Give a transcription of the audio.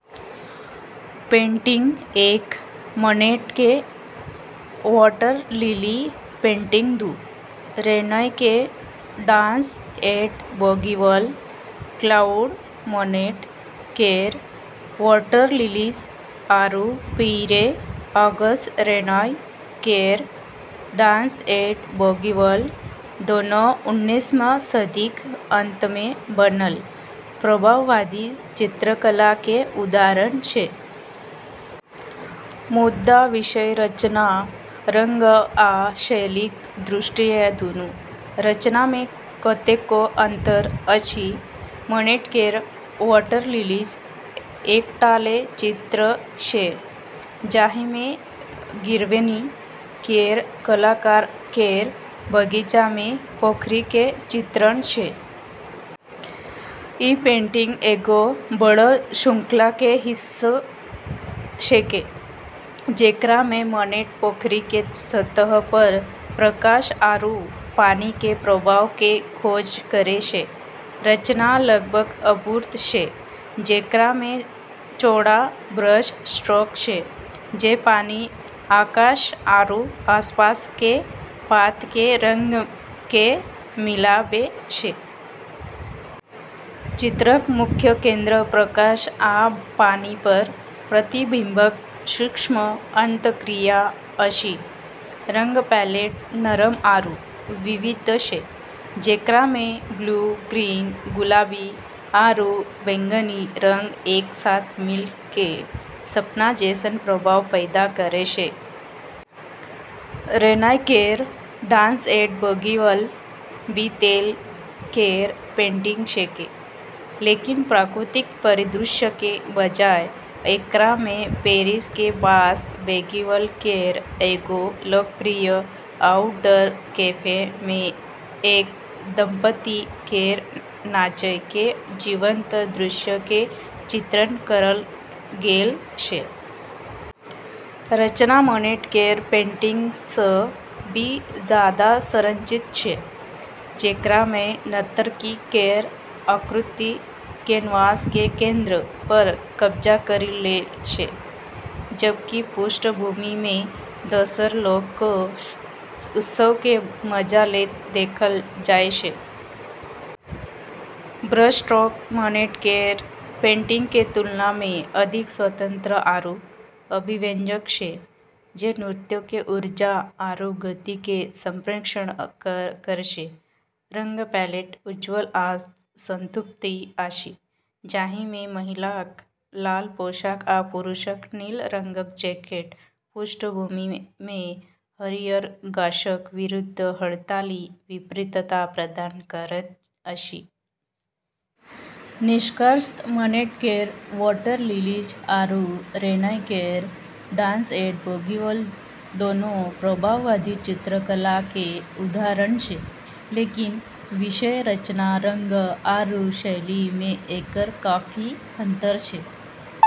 Painting एक: Monet के "water lily" painting दू: रेनॉय के "dance at Bougival" Claude Monet केर "वाटर लिलीज" आरू पियरे-अगस्ट रेनॉय केर "डांस एट बौगिवल" दोनों उन्नैसम सदीक अंत मे बनल प्रभाववादी चित्रकला के उदाहरण छै। मुदा विषय, रचना, रंग आ शैलीक दृष्टिएँ दुनू रचना मे कतेको अंतर अछि। मोनेट केर "वाटर लिलीज" एक टा तेल चित्र छै जाहिमे गिवेर्नी केर कलाकार केर बगीचा मे पोखरी के चित्रण छै। ई पेंटिंग एगो बड़ श्रृंखला के हिस्सा छेकै, जेकरा मे मोनेट पोखरी के सतह पर प्रकाश आरू पानी के प्रभाव के खोज करै छै। रचना लगभग अमूर्त छै, जेकरा मे चौड़ा ब्रश स्ट्रोक छै जे पानी, आकाश आरू आसपास के पात के रंग के मिलाबै छै। चित्रक मुख्य केंद्र प्रकाश आ पानि पर प्रतिबिंबक सूक्ष्म अंतःक्रिया अछि। रंग पैलेट नरम आरू विविध छै, जेकरा मे ब्लू, ग्रीन, गुलाबी आरू बैंगनी रंग एक साथ मिल कऽ सपना जैसन प्रभाव पैदा करै छै। रेनॉय केर "डांस एट बौगिवल" भी तेल केर पेंटिंग छेकै, लेकिन प्राकृतिक परिदृश्य के बजाय, एकरा मे पेरिस के पास बौगिवल केर एगो लोकप्रिय आउटडोर कैफे मे एक दंपति केर नाचय के जीवंत दृश्य के चित्रण करल गेल छै। रचना मोनेट केर पेंटिंग सँ भी जादा संरचित छै, जेकरा मे नर्तकी केर आकृति कैनवास के केंद्र पर कब्जा करी लेल छै, जबकि पृष्ठभूमि मे दोसर लोग कऽ उत्सव के मजा लेत देखल जाय छै। ब्रशस्ट्रोक मोनेट केर पेंटिंग के तुलना मे अधिक स्वतंत्र आरू अभिव्यंजक छै, जे नृत्य के ऊर्जा आरू गति के संप्रेषण करै छै। रंग पैलेट उज्ज्वल आ संतृप्त अछि, जाहि मे महिलाक लाल पोशाक आ पुरुषक नील रंगक जैकेट पृष्ठभूमि मे हरियर गाछक विरुद्ध हड़ताली विपरीतता प्रदान करैत अछि। निष्कर्षतः मोनेट केर "वाटर लिलीज" आरू रेनॉय केर "डांस एट बौगिवल" दोनों प्रभाववादी चित्रकला के उदाहरण छै, लेकिन विषय, रचना, रंग आरू शैली में एकर काफी अंतर छै।